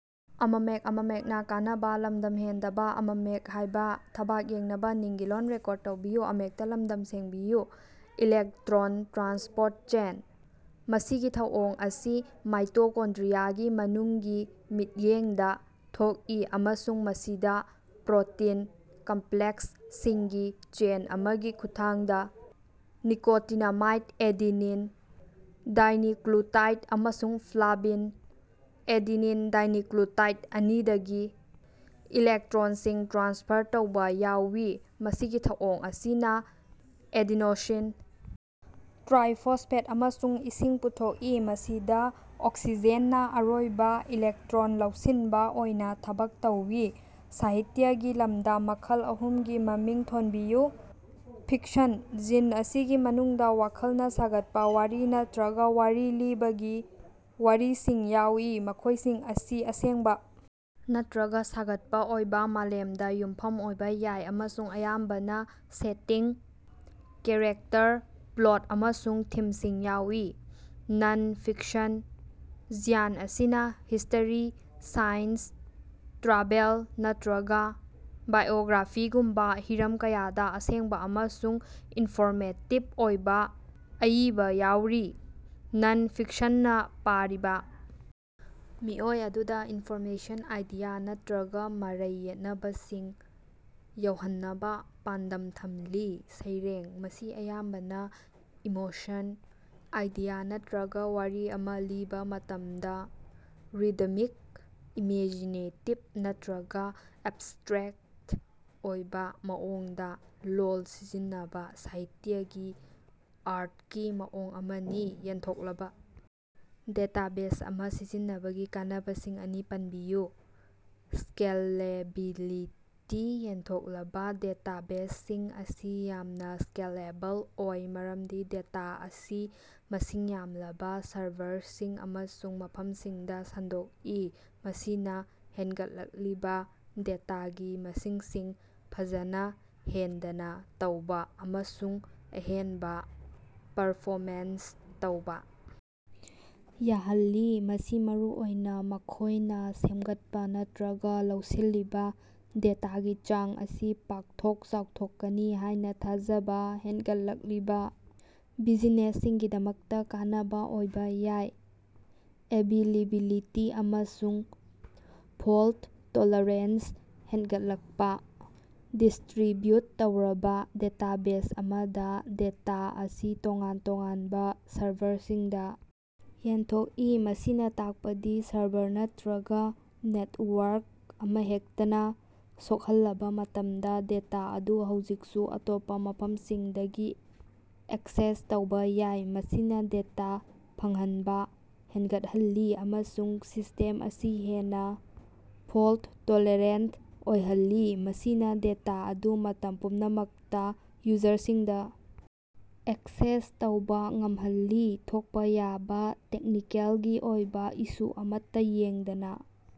Electron transport chain: ꯃꯁꯤꯒꯤ ꯊꯧꯑꯣꯡ ꯑꯁꯤ ꯃꯥꯏꯇꯣꯀꯣꯟꯗ꯭ꯔꯤꯌꯥꯒꯤ ꯃꯅꯨꯡꯒꯤ ꯃꯤꯠꯌꯦꯡꯗ ꯊꯣꯛꯏ ꯑꯃꯁꯨꯡ ꯃꯁꯤꯗꯥ ꯄ꯭ꯔꯣꯇꯤꯟ ꯀꯝꯄ꯭ꯂꯦꯛꯁꯁꯤꯡꯒꯤ ꯆꯦꯟ ꯑꯃꯒꯤ ꯈꯨꯠꯊꯥꯡꯗ ꯅꯤꯀꯣꯇꯤꯅꯥꯃꯥꯏꯠ ꯑꯦꯗꯤꯅꯤꯟ ꯗꯥꯏꯅꯤꯀ꯭ꯂꯨꯇꯥꯏꯠ ꯑꯃꯁꯨꯡ ꯐ꯭ꯂꯥꯚꯤꯟ ꯑꯦꯗꯤꯅꯤꯟ ꯗꯥꯏꯅꯤꯀ꯭ꯂꯨꯇꯥꯏꯠ ꯑꯅꯤꯗꯒꯤ ꯏꯂꯦꯛꯇ꯭ꯔꯣꯟꯁꯤꯡ ꯇ꯭ꯔꯥꯟꯁꯐꯔ ꯇꯧꯕ ꯌꯥꯎꯏ꯫ ꯃꯁꯤꯒꯤ ꯊꯧꯑꯣꯡ ꯑꯁꯤꯅ ꯑꯦꯗꯤꯅꯣꯁꯤꯟ ꯇ꯭ꯔꯥꯏꯐꯣꯁꯐꯦꯠ ꯑꯃꯁꯨꯡ ꯏꯁꯤꯡ ꯄꯨꯊꯣꯛꯏ ꯃꯁꯤꯗ ꯑꯣꯛꯁꯤꯖꯦꯟꯅ ꯑꯔꯣꯏꯕꯥ ꯏꯂꯦꯛꯇ꯭ꯔꯣꯟ ꯂꯧꯁꯤꯟꯕ ꯑꯣꯏꯅ ꯊꯕꯛ ꯇꯧꯏ꯫ ꯁꯥꯍꯤꯇ꯭ꯌꯥꯒꯤ ꯂꯝꯗ ꯃꯈꯜ ꯑꯍꯨꯝꯒꯤ ꯃꯃꯤꯡ ꯊꯣꯟꯕꯤꯌꯨ꯫ ꯐꯤꯛꯁꯟ: ꯖꯤꯟ ꯑꯁꯤꯒꯤ ꯃꯅꯨꯡꯗ ꯋꯥꯈꯜꯅ ꯁꯥꯒꯠꯄ ꯋꯥꯔꯤ ꯅꯠꯇ꯭ꯔꯒ ꯋꯥꯔꯤ ꯂꯤꯕꯒꯤ ꯋꯥꯔꯤꯁꯤꯡ ꯌꯥꯎꯏ ꯃꯈꯣꯢꯁꯤꯡ ꯑꯁꯤ ꯑꯁꯦꯡꯕ ꯅꯠꯇ꯭ꯔꯒ ꯁꯥꯒꯠꯄ ꯑꯣꯏꯕ ꯃꯥꯂꯦꯝꯗ ꯌꯨꯝꯐꯝ ꯑꯣꯏꯕ ꯌꯥꯏ ꯑꯃꯁꯨꯡ ꯑꯌꯥꯝꯕꯅ ꯁꯦꯇꯤꯡ, ꯀꯦꯔꯦꯛꯇꯔ, ꯄ꯭ꯂꯣꯠ ꯑꯃꯁꯨꯡ ꯊꯤꯝꯁꯤꯡ ꯌꯥꯎꯏ꯫ ꯅꯟ-ꯐꯤꯛꯁꯟ: ꯖ꯭ꯌꯥꯟ ꯑꯁꯤꯅꯥ ꯍꯤꯁꯇꯔꯤ, ꯁꯥꯏꯟꯁ, ꯇ꯭ꯔꯥꯚꯦꯜ ꯅꯠꯇ꯭ꯔꯒ ꯕꯥꯏꯑꯣꯒ꯭ꯔꯥꯐꯤꯒꯨꯝꯕ ꯍꯤꯔꯝ ꯀꯌꯥꯗ ꯑꯁꯦꯡꯕ ꯑꯃꯁꯨꯡ ꯏꯟꯐꯣꯔꯃꯦꯇꯤꯕ ꯑꯣꯏꯕ ꯑꯏꯕ ꯌꯥꯎꯔꯤ꯫ ꯅꯟ-ꯐꯤꯛꯁꯟꯅ ꯄꯥꯔꯤꯕꯥ ꯃꯤꯑꯣꯏ ꯑꯗꯨꯗ ꯏꯟꯐꯣꯔꯃꯦꯁꯟ ꯑꯥꯏꯗꯤꯌꯥ ꯅꯠꯇ꯭ꯔꯒ ꯃꯔꯩ ꯌꯦꯠꯅꯕꯁꯤꯡ ꯌꯧꯍꯟꯅꯕ ꯄꯥꯟꯗꯝ ꯊꯝꯂꯤ꯫ ꯁꯩꯔꯦꯡ: ꯃꯁꯤ ꯑꯌꯥꯝꯕꯅ ꯏꯃꯣꯁꯟ, ꯑꯥꯏꯗꯤꯌꯥ ꯅꯠꯇ꯭ꯔꯒ ꯋꯥꯔꯤ ꯑꯃ ꯂꯤꯕꯥ ꯃꯇꯝꯗ ꯔꯤꯗꯃꯤꯛ, ꯏꯃꯦꯖꯤꯅꯦꯇꯤꯕ ꯅꯠꯇ꯭ꯔꯒ ꯑꯦꯕꯁꯇ꯭ꯔꯦꯛꯇ ꯑꯣꯏꯕꯥ ꯃꯑꯣꯡꯗ ꯂꯣꯜ ꯁꯤꯖꯤꯟꯅꯕ ꯁꯥꯍꯤꯇ꯭ꯌꯥꯒꯤ ꯑꯥꯔꯇꯀꯤ ꯃꯑꯣꯡ ꯑꯃꯅꯤ꯫ ꯌꯦꯟꯊꯣꯛꯂꯕ ꯗꯦꯇꯥꯕꯦꯖ ꯑꯃ ꯁꯤꯖꯤꯟꯅꯕꯒꯤ ꯀꯥꯟꯅꯕꯁꯤꯡ ꯑꯅꯤ ꯄꯟꯕꯤꯌꯨ꯫ ꯁ꯭ꯀꯦꯂꯦꯕꯤꯂꯤꯇꯤ: ꯌꯦꯟꯊꯣꯛꯂꯕ ꯗꯦꯇꯥꯕꯦꯖꯁꯤꯡ ꯑꯁꯤ ꯌꯥꯝꯅ ꯁ꯭ꯀꯦꯂꯦꯕꯜ ꯑꯣꯏ ꯃꯔꯝꯗꯤ ꯗꯦꯇꯥ ꯑꯁꯤ ꯃꯁꯤꯡ ꯌꯥꯝꯂꯕ ꯁꯔꯚꯔꯁꯤꯡ ꯑꯃꯁꯨꯡ ꯃꯐꯝꯁꯤꯡꯗ ꯁꯟꯗꯣꯛꯏ ꯃꯁꯤꯅ ꯍꯦꯟꯒꯠꯂꯛꯂꯤꯕ ꯗꯦꯇꯥꯒꯤ ꯃꯁꯤꯡꯁꯤꯡ ꯐꯖꯅ ꯍꯦꯟꯗꯅ ꯇꯧꯕ ꯑꯃꯁꯨꯡ ꯑꯍꯦꯟꯕ ꯄꯔꯐꯣꯃꯦꯟꯁ ꯇꯧꯕꯥ ꯌꯥꯍꯜꯂꯤ꯫ ꯃꯁꯤ ꯃꯔꯨꯑꯣꯏꯅ ꯃꯈꯣꯢꯅ ꯁꯦꯝꯒꯠꯄ ꯅꯠꯇ꯭ꯔꯒ ꯂꯧꯁꯤꯜꯂꯤꯕ ꯗꯦꯇꯥꯒꯤ ꯆꯥꯡ ꯑꯁꯤ ꯄꯥꯛꯊꯣꯛ ꯆꯥꯎꯊꯣꯛꯀꯅꯤ ꯍꯥꯢꯅ ꯊꯥꯖꯕ ꯍꯦꯟꯒꯠꯂꯛꯂꯤꯕ ꯕꯤꯖꯤꯅꯦꯁꯁꯤꯡꯒꯤꯗꯃꯛꯇ ꯀꯥꯟꯅꯕ ꯑꯣꯏꯕꯥ ꯌꯥꯏ꯫ ꯑꯦꯕꯤꯂꯤꯕꯤꯂꯤꯇꯤ ꯑꯃꯁꯨꯡ ꯐꯣꯜꯇ ꯇꯣꯂꯔꯦꯟꯁ ꯍꯦꯟꯒꯠꯂꯛꯄ: ꯗꯤꯁꯇ꯭ꯔꯤꯕ꯭ꯌꯨꯠ ꯇꯧꯔꯕ ꯗꯦꯇꯥꯕꯦꯖ ꯑꯃꯗ ꯗꯦꯇꯥ ꯑꯁꯤ ꯇꯣꯉꯥꯟ ꯇꯣꯉꯥꯟꯕ ꯁꯔꯚꯔꯁꯤꯡꯗ ꯌꯦꯟꯊꯣꯛꯏ ꯃꯁꯤꯅ ꯇꯥꯛꯄꯗꯤ ꯁꯔꯚꯔ ꯅꯠꯇ꯭ꯔꯒ ꯅꯦꯇꯋꯥꯔꯛ ꯑꯃꯍꯦꯛꯇꯅ ꯁꯣꯛꯍꯜꯂꯕ ꯃꯇꯝꯗ ꯗꯦꯇꯥ ꯑꯗꯨ ꯍꯧꯖꯤꯛꯁꯨ ꯑꯇꯣꯞꯄ ꯃꯐꯝꯁꯤꯡꯗꯒꯤ ꯑꯦꯛꯁꯦꯁ ꯇꯧꯕꯥ ꯌꯥꯏ꯫ ꯃꯁꯤꯅ ꯗꯦꯇꯥ ꯐꯪꯍꯟꯕꯥ ꯍꯦꯟꯒꯠꯍꯜꯂꯤ ꯑꯃꯁꯨꯡ ꯁꯤꯁꯇꯦꯝ ꯑꯁꯤ ꯍꯦꯟꯅ ꯐꯣꯜꯇ-ꯇꯣꯂꯦꯔꯦꯟꯇ ꯑꯣꯏꯍꯜꯂꯤ ꯃꯁꯤꯅ ꯗꯦꯇꯥ ꯑꯗꯨ ꯃꯇꯝ ꯄꯨꯝꯅꯃꯛꯇ ꯌꯨꯖꯔꯁꯤꯡꯗ ꯑꯦꯛꯁꯦꯁ ꯇꯧꯕꯥ ꯉꯝꯍꯜꯂꯤ ꯊꯣꯛꯄ ꯌꯥꯕ ꯇꯦꯛꯅꯤꯀꯦꯜꯒꯤ ꯑꯣꯏꯕ ꯏꯁꯨ ꯑꯃꯠꯇ ꯌꯦꯡꯗꯅ꯫